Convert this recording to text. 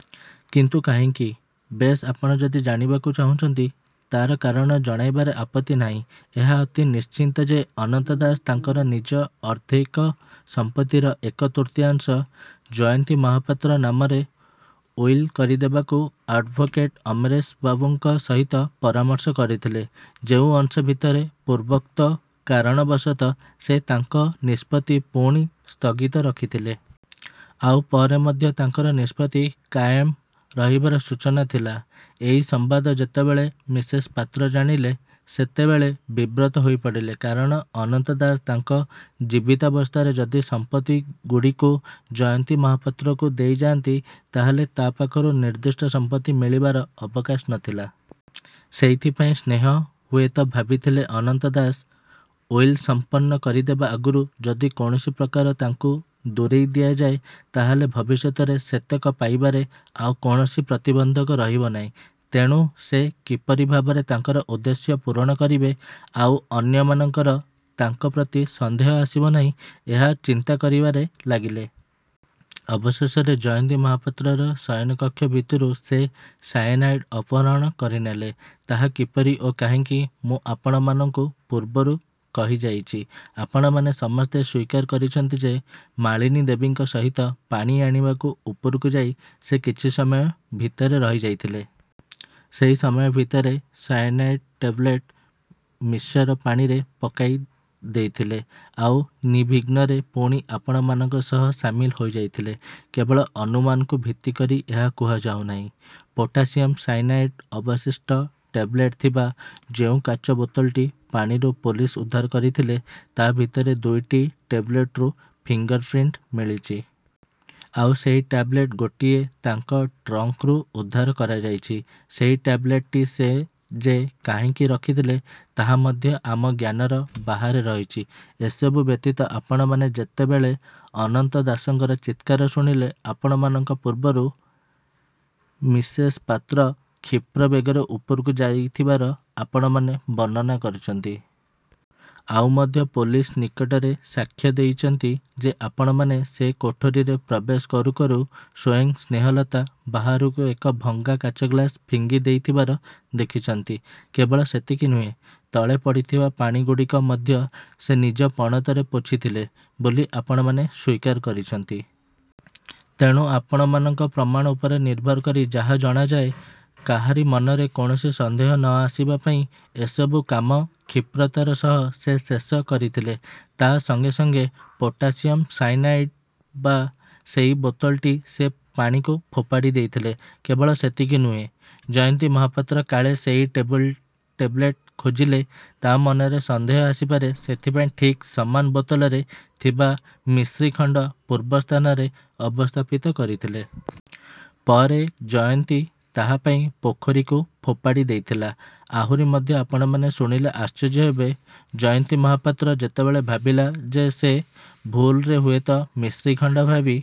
' 'କିନ୍ତୁ କାହିଁକି? ' 'ବେଶ୍, ଆପଣ ଯଦି ଜାଣିବାକୁ ଚାହୁଁଛନ୍ତି, ତାର କାରଣ ଜଣାଇବାରେ ଆପତ୍ତି ନାହିଁ। ଏହା ଅତି ନିଶ୍ଚିତ ଯେ ଅନନ୍ତ ଦାସ ତାଙ୍କର ନିଜ ଅର୍ଦ୍ଧେକ ସଂପତ୍ତିର ଏକତୃତୀୟାଂଶ ଜୟନ୍ତୀ ମହାପାତ୍ର ନାମରେ ଉଇଲ୍ କରିଦେବାକୁ ଆଡ଼୍ଭୋକେଟ ଅମ୍ବରୀଶବାବୁଙ୍କ ସହିତ ପରାମର୍ଶ କରିଥିଲେ, ଯୋଉ ଅଂଶ ଭିତରେ ପୂର୍ବୋକ୍ତ କାରଣବଶତଃ ସେ ତାଙ୍କ ନିଷ୍ପତ୍ତି ପୁଣି ସ୍ଥଗିତ ରଖିଥିଲେ। ଆଉ ପରେ ମଧ୍ୟ ତାଙ୍କର ନିଷ୍ପତ୍ତି କାୟମ ରହିବାର ସୂଚନା ଥିଲା। ଏଇ ସମ୍ବାଦ ଯେତେବେଳେ ମିସେସ ପାତ୍ର ଜାଣିଲେ ସେତେବେଳେ ବିବ୍ରତ ହେଇପଡ଼ିଲେ। କାରଣ ଅନନ୍ତ ଦାସ ତାଙ୍କ ଜୀବିତାବସ୍ଥାରେ ଯଦି ସମ୍ପତ୍ତିଗୁଡ଼ିକୁ ଜୟନ୍ତୀ ମହାପାତ୍ରକୁ ଦେଇଯାଆନ୍ତି ତା'ହେଲେ ତା ପାଖରୁ ନିର୍ଦ୍ଦିଷ୍ଟ ସଂପତ୍ତି ମିଳିବାର ଅବକାଶ ନ ଥିଲା। ସେଇଥିପାଇଁ ସ୍ନେହ ହୁଏତ ଭାବିଥିଲେ ଅନନ୍ତ ଦାସ ଉଇଲ ସଂପନ୍ନ କରିଦେବା ଆଗରୁ ଯଦି କୌଣସିପ୍ରକାରେ ତାଙ୍କୁ ଦୂରେଇଦିଆଯାଏ, ତା'ହେଲେ ଭବିଷ୍ୟତରେ ସେତକ ପାଇବାରେ ଆଉ କୌଣସି ପ୍ରତିବନ୍ଧକ ରହିବ ନାହିଁ। ତେଣୁ ସେ କିପରି ଭାବରେ ତାଙ୍କର ଉଦ୍ଦେଶ୍ୟ ପୂରଣ କରିବେ, ଆଉ ଅନ୍ୟମାନଙ୍କର ତାଙ୍କ ପ୍ରତି ସନ୍ଦେହ ଆସିବ ନାହିଁ, ଏହା ଚିନ୍ତା କରିବାରେ ଲାଗିଲେ। ଅବଶେଷରେ ଜୟନ୍ତୀ ମହାପାତ୍ରର ଶୟନକକ୍ଷ ଭିତରୁ ସେ ସାୟାନାଇଡ଼୍ ଅପହରଣ କରିନେଲେ। ତାହା କିପରି ଓ କାହିଁକି, ମୁଁ ଆପଣମାନଙ୍କୁ ପୂର୍ବରୁ କହିଯାଇଛି। ଆପଣମାନେ ସମସ୍ତେ ସ୍ୱୀକାର କରିଛନ୍ତି ଯେ ମାଳିନୀ ଦେବୀଙ୍କ ସହିତ ପାଣି ଆଣିବାକୁ ଉପରକୁ ଯାଇ ସେ କିଛି ସମୟ ଭିତରେ ରହିଯାଇଥିଲେ। ସେଇ ସମୟ ଭିତରେ ସାଇନାୟଡ଼୍ ଟେବଲେଟ ମିଶିର ପାଣିରେ ପକାଇଦେଇଥିଲେ, ଆଉ ନିର୍ବିଘ୍ନରେ ପୁଣି ଆପଣମାନଙ୍କ ସହ ସାମିଲ ହୋଇଯାଇଥିଲେ। 'କେବଳ ଅନୁମାନକୁ ଭିତ୍ତି କରି ଏହା କୁହାଯାଉନାହିଁ। ପୋଟାସିୟମ ସାଇନାୟଡ଼ର ଅବଶିଷ୍ଟ ଟେବଲେଟ ଥିବା ଯୋଉ କାଚ ବୋତଲଟି ପାଣିରୁ ପୋଲିସ ଉଦ୍ଧାର କରିଥିଲେ, ତା ଭିତରେ ଦୁଇଟି ଟେବଲେଟରୁ ଫିଙ୍ଗର ପ୍ରିଣ୍ଟ ମିଳିଛି। ଆଉ ସେଇ ଟ୍ୟାବଲେଟ ଗୋଟିଏ ତାଙ୍କ ଟ୍ରଙ୍କରୁ ଉଦ୍ଧାର କରାଯାଇଛି। ସେଇ ଟ୍ୟାବଲେଟଟି ସେ ଯେ କାହିଁକି ରଖିଥିଲେ ତାହା ମଧ୍ୟ ଆମ ଜ୍ଞାନର ବାହାରେ ରହିଛି। 'ଏସବୁ ବ୍ୟତୀତ ଆପଣମାନେ ଯେତେବେଳେ ଅନନ୍ତ ଦାସଙ୍କର ଚିତ୍କାର ଶୁଣିଲେ, ଆପଣମାନଙ୍କ ପୂର୍ବରୁ ମିସେସ ପାତ୍ର କ୍ଷିପ୍ର ବେଗରେ ଉପରକୁ ଯାଇଥିବାର ଆପଣମାନେ ବର୍ଣ୍ଣନା କରିଛନ୍ତି। ଆଉ ମଧ୍ୟ ପୋଲିସ ନିକଟରେ ସାକ୍ଷ୍ୟ ଦେଇଛନ୍ତି ଯେ ଆପଣମାନେ ସେ କୋଠରିରେ ପ୍ରବେଶ କରୁ କରୁ ସ୍ୱୟଂ ସ୍ନେହଲତା ବାହାରକୁ ଏକ ଭଙ୍ଗା କାଚଗ୍ଳାସ ଫିଙ୍ଗିଦେଇଥିବାର ଦେଖିଛନ୍ତି-। କେବଳ ସେତିକି ନୁହେଁ, ତଳେ ପଡ଼ିଥିବା ପାଣିଗୁଡ଼ିକ ମଧ୍ୟ ସେ ନିଜ ପଣତରେ ପୋଛିଥିଲେ ବୋଲି ଆପଣମାନେ ସ୍ୱୀକାର କରିଛନ୍ତି। ତେଣୁ ଆପଣମାନଙ୍କ ପ୍ରମାଣ ଉପରେ ନିର୍ଭର କରି ଯାହା ଜଣାଯାଏ, କାହାରି ମନରେ କୌଣସି ସନ୍ଦେହ ନ ଆସିବା ପାଇଁ ଏସବୁ କାମ କ୍ଷିପ୍ରତାର ସହ ସେ ଶେଷ କରିଥିଲେ। ତା ସଙ୍ଗେ ସଙ୍ଗେ ପୋଟାସିଅମ ସାଇନାଇଡ଼୍ଥିବା ସେଇ ବୋତଲଟି ସେ ପାଣିକୁ ଫୋପାଡ଼ିଦେଇଥିଲେ। 'କେବଳ ସେତିକି ନୁହେଁ, ଜୟନ୍ତୀ ମହାପାତ୍ର କାଳେ ସେଇ ଟେବଲେଟ ଖୋଜିଲେ ତା'ମନରେ ସନ୍ଦେହ ଆସିପାରେ, ସେଥିପାଇଁ ଠିକ ସମାନ ବୋତଲରେ ଥିବା ମିଶ୍ରିଖଣ୍ଡ ପୂର୍ବ ସ୍ଥାନରେ ଅବସ୍ଥାପିତ କରିଥିଲେ। ପରେ ଜୟନ୍ତୀ ତାହା ପାଇ ପୋଖରୀକୁ ଫୋପାଡ଼ିଦେଇଥିଲା। 'ଆହୁରି ମଧ୍ୟ ଆପଣମାନେ ଶୁଣିଲେ ଆଶ୍ଚର୍ଯ୍ୟ ହେବେ, ଜୟନ୍ତୀ ମହାପାତ୍ର ଯେତେବେଳେ ଭାବିଲା ଯେ ସେ ଭୁଲରେ ହୁଏତ ମିଶ୍ରିଖଣ୍ଡ ଭାବି